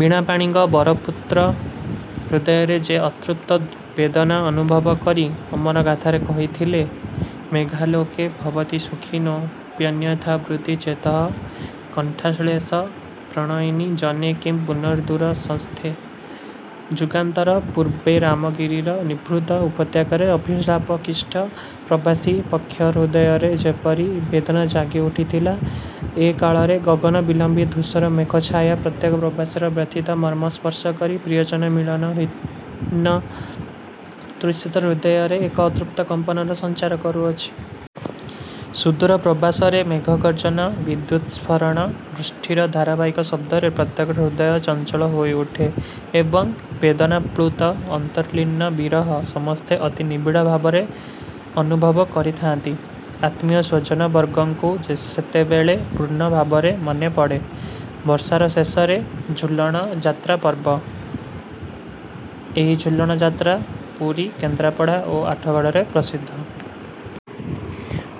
ବୀଣାପାଣିଙ୍କ ବରପୁତ୍ର ହୃଦୟରେ ଯେ ଅତୃପ୍ତ ବେଦନା ଅନୁଭବ କରି ଅମର ଗାଥାରେ କହିଥିଲେ ମେଘାଲୋକେ ଭବତି ସୁଖିନୋ ପ୍ୟନ୍ୟଥାବୃତ୍ତି ଚେତଃ କଣ୍ଠାଶ୍ଳେଷ ପ୍ରଣୟିନି ଜନେ କିଂ ପୁନର୍ଦୂରସଂସ୍ଥେ। ଯୁଗାନ୍ତର ପୂର୍ବେ ରାମଗିରିର ନିଭୃତ ଉପତ୍ୟକାରେ ଅଭିଶାପକ୍ଳିଷ୍ଟ ପ୍ରବାସୀ ଯକ୍ଷ ହୃଦୟରେ ଯେପରି ବେଦନା ଜାଗି ଉଠିଥିଲା, ଏ କାଳରେ ଗଗନବିଲମ୍ବୀ ଧୂସର ମେଘଚ୍ଛାୟା ପ୍ରତ୍ୟେକ ପ୍ରବାସିର ବ୍ୟଥିତ ମର୍ମ୍ମ ସ୍ପର୍ଶ କରି ପ୍ରିୟଜନମିଳନ ହୀନ ତୃଷିତ ହୃଦୟରେ ଏକ ଅତୃପ୍ତ କମ୍ପନର ସଞ୍ଚାର କରୁଅଛି। ସୁଦୂର ପ୍ରବାସରେ ମେଘଗର୍ଜନ, ବିଦ୍ୟୁତ୍ସ୍ଫରଣ, ବୃଷ୍ଟିର ଧାରାବାହିକ ଶବ୍ଦରେ ପ୍ରତ୍ୟେକ ହୃଦୟ ଚଞ୍ଚଳ ହୋଇ ଉଠେ ଏବଂ ବେଦନାପ୍ଳୁତ ଅନ୍ତର୍ଲୀନ ବିରହ ସମସ୍ତେ ଅତି ନିବିଡ଼ଭାବରେ ଅନୁଭବ କରିଥାନ୍ତି। ଆତ୍ମୀୟ ସ୍ୱଜନବର୍ଗଙ୍କୁ ସେତେବେଳେ ପୂର୍ଣ୍ଣଭାବରେ ମନେ ପଡ଼େ। ବର୍ଷାର ଶେଷରେ ଝୁଲଣ ଯାତ୍ରା ପର୍ବ। ଏହି ଝୁଲଣଯାତ୍ରା ପୁରୀ, କେନ୍ଦ୍ରାପଡ଼ା ଓ ଆଠଗଡ଼ରେ ପ୍ରସିଦ୍ଧ।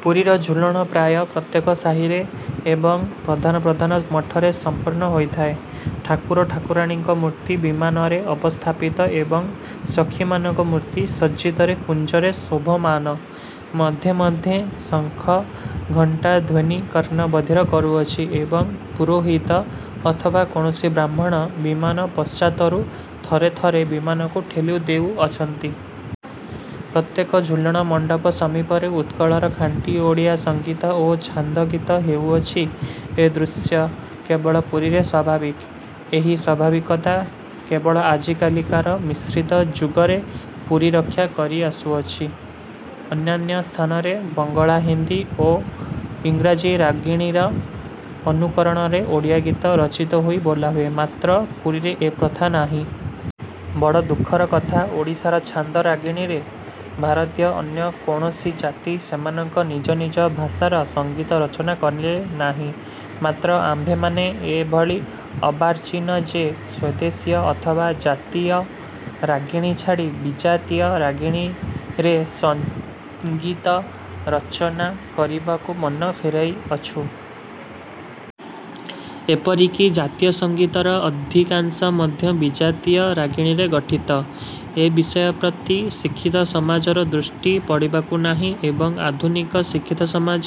ପୁରୀର ଝୁଲଣ ପ୍ରାୟ ପ୍ରତ୍ୟେକ ସାହୀରେ ଏବଂ ପ୍ରଧାନ ପ୍ରଧାନ ମଠରେ ସମ୍ପନ୍ନ ହୋଇଥାଏ। ଠାକୁର ଠାକୁରାଣୀଙ୍କ ମୂର୍ତ୍ତି ବିମାନରେ ଅବସ୍ଥାପିତ ଏବଂ ସଖୀମାନଙ୍କ ମୂର୍ତ୍ତି ସଜ୍ଜିତ କୁଞ୍ଜରେ ଶୋଭମାନ। ମଧ୍ୟେ ମଧ୍ୟେ ଶଙ୍ଖ ଘଣ୍ଟା ଧ୍ୱନି କର୍ଣ୍ଣ ବଧିର କରୁଅଛି ଏବଂ ପୁରୋହିତ ଅଥବା କୌଣସି ବ୍ରାହ୍ମଣ ବିମାନ ପଶ୍ଚାତରୁ ଥରେ ଥରେ ବିମାନକୁ ଠେଲି ଦେଉଅଛନ୍ତି। ପ୍ରତ୍ୟେକ ଝୁଲଣ ମଣ୍ଡପ ସମୀପରେ ଉତ୍କଳର ଖାଣ୍ଟି ଓଡ଼ିଆ ସଙ୍ଗୀତ ଓ ଛାନ୍ଦ ଗୀତ ହେଉଅଛି ଏ ଦୃଶ୍ୟ କେବଳ ପୁରୀରେ ସ୍ୱାଭାବିକ। ଏହି। ସ୍ୱାଭାବିକତା କେବଳ ଆଜିକାଲିକାର ମିଶ୍ରିତ ଯୁଗରେ ପୁରୀ ରକ୍ଷା କରି ଆସୁଅଛି, ଅନ୍ୟାନ୍ୟ ସ୍ଥାନରେ ବଙ୍ଗଳା ହିନ୍ଦୀ ଓ ଇଂରାଜୀ ରାଗିଣୀର ଅନୁକରଣରେ ଓଡ଼ିଆ ଗୀତ ରଚିତ ହୋଇ ବୋଲା ହୁଏ, ମାତ୍ର ପୁରୀରେ ଏ ପ୍ରଥା ନାହିଁ। ବଡ଼ ଦୁଃଖର କଥା ଓଡ଼ିଶାର ଛାନ୍ଦ ରାଗିଣୀରେ ଭାରତୀୟ ଅନ୍ୟ କୌଣସି ଜାତି ସେମାନଙ୍କ ନିଜ ନିଜ ଭାଷାର ସଙ୍ଗୀତ ରଚନା କଲେ ନାହିଁ, ମାତ୍ର ଆମ୍ଭେମାନେ ଏ ଭଳି ଅର୍ବାଚୀନ ଯେ ସ୍ୱଦେଶୀୟ ଅଥବା ଜାତୀୟ ରାଗିଣୀ ଛାଡ଼ି ବିଜାତୀୟ ରାଗିଣୀରେ ସଙ୍ଗୀତ ରଚନା କରିବାକୁ ମନ ଫେରାଇଅଛୁଁ। ଏପରି କି ଜାତୀୟ ସଙ୍ଗୀତର ଅଧିକାଂଶ ମଧ୍ୟ ବିଜାତୀୟ ରାଗିଣୀରେ ଗଠିତ। ଏ ବିଷୟ ପ୍ରତି ଶିକ୍ଷିତ ସମାଜର ଦୃଷ୍ଟି ପଡ଼ିବାକୁ ନାହିଁ ଏବଂ ଆଧୁନିକ ଶିକ୍ଷିତସମାଜ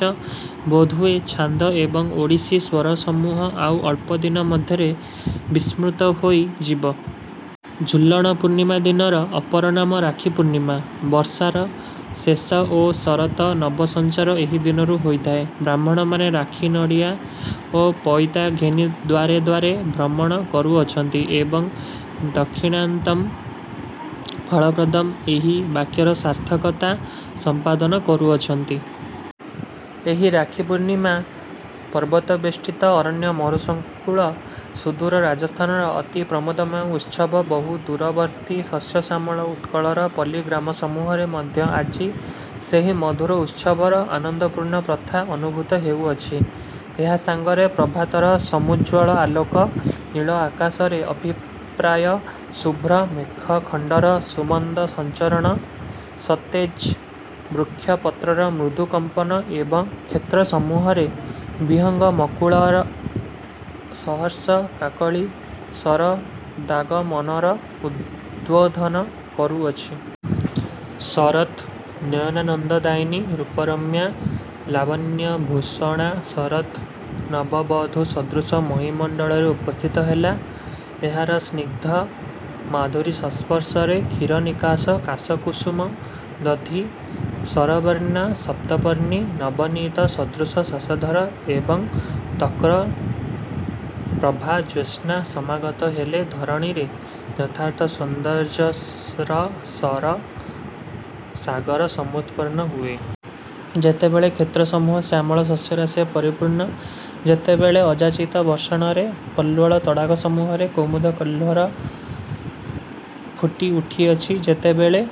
ବୋଧ ହୁଏ ଛାନ୍ଦ ଏବଂ ଓଡ଼ିଶୀ ସ୍ୱରସମୂହ ଆଉ ଅଳ୍ପ ଦିନ ମଧ୍ୟରେ ବିସ୍ମୃତ ହୋଇ ଯିବ। ଝୁଲଣ ପୂର୍ଣ୍ଣିମା ଦିନର ଅପର ନାମ ରାଖି ପୂର୍ଣ୍ଣିମା। ବର୍ଷାର ଶେଷ ଓ ଶରତ ନବ ସଞ୍ଚାର ଏହି ଦିନରୁ ହୋଇଥାଏ। ବ୍ରାହ୍ମଣମାନେ ରାଖି ନଡ଼ିଆ ଓ ପଇତା ଘେନି ଦ୍ୱାରେ ଦ୍ୱାରେ ଭ୍ରମଣ କରୁଅଛନ୍ତି ଏବଂ ଦକ୍ଷିଣାନ୍ତଂ ଫଳପ୍ରଦଂ ଏହି ବାକ୍ୟର ସାର୍ଥକତା ସମ୍ପାଦନ କରୁଅଛନ୍ତି। ଏହି ରାଖି ପୂର୍ଣ୍ଣିମା ପର୍ବତବେଷ୍ଟିତ ଅରଣ୍ୟମରୁସଙ୍କୁଳ ସୁଦୂର ରାଜସ୍ଥାନର ଅତି ପ୍ରମୋଦମୟ ଉତ୍ସବ ବହୁଦୂରବର୍ତ୍ତୀ ଶସ୍ୟଶ୍ୟାମଳ ଉତ୍କଳର ପଲ୍ଲୀଗ୍ରାମସମୂହରେ ମଧ୍ୟ ଆଜି ସେହି ମଧୁର ଉତ୍ସବର ଆନନ୍ଦପୂର୍ଣ୍ଣ ପ୍ରଥା ଅନୁଭୂତ ହେଉଅଛି। ଏହା ସାଙ୍ଗରେ ପ୍ରଭାତର ସମୂଜ୍ଜ୍ୱଳ ଆଲୋକ, ନୀଳ ଆକାଶରେ ଅଭିପ୍ରାୟ ଶୁଭ୍ର ମେଘଖଣ୍ଡର ସୁମନ୍ଦ ସଞ୍ଚରଣ, ସତେଜ ବୃକ୍ଷପତ୍ରର ମୃଦୁ କମ୍ପନ ଏବଂ କ୍ଷେତ୍ରସମୂହରେ ବିହଙ୍ଗମକୁଳର ସହର୍ଷ କାକଳୀ ଶରଦାଗମନର ଉଦ୍ବୋଧନ କରୁଅଛି। ଶରତ୍ ନୟନାନନ୍ଦଦାୟିନୀ ରୂପରମ୍ୟା, ଲାବଣ୍ୟଭୂଷଣା ଶରତ୍ ନବବଧୂ ସଦୃଶ ମହୀମଣ୍ଡଳରେ ଉପସ୍ଥିତ ହେଲା। ଏହାର ସ୍ନିଗ୍ଧ ମାଧୁରୀ ସଂସ୍ପର୍ଶରେ କ୍ଷୀରନିକାଶ କାଶକୁସୁମ ଦଧି ସରବର୍ଣ୍ଣା ସପ୍ତପର୍ଣ୍ଣୀ, ନବନୀତ ସଦୃଶ ଶଶଧର ଏବଂ ତକ୍ର ପ୍ରଭା ଜ୍ୟୋତ୍ସ୍ନା ସମାଗତ ହେଲେ ଧରଣୀରେ ଯଥାର୍ଥ ସୌନ୍ଦର୍ଯ୍ୟରସର ସାଗର ସମୁତ୍ପନ୍ନ ହୁଏ। ଯେତେବେଳେ କ୍ଷେତ୍ରସମୂହ ଶ୍ୟାମଳ ଶସ୍ୟରାଶିରେ ପରିପୂର୍ଣ୍ଣ, ଯେତେବେଳେ ଅଯାଚିତ ବର୍ଷଣରେ ପଲ୍ୱଳ ତଡ଼ାଗସମୂହରେ କୁମୁଦ କହ୍ଲୋର ଫୁଟି ଉଠିଅଛି ଯେତେବେଳେ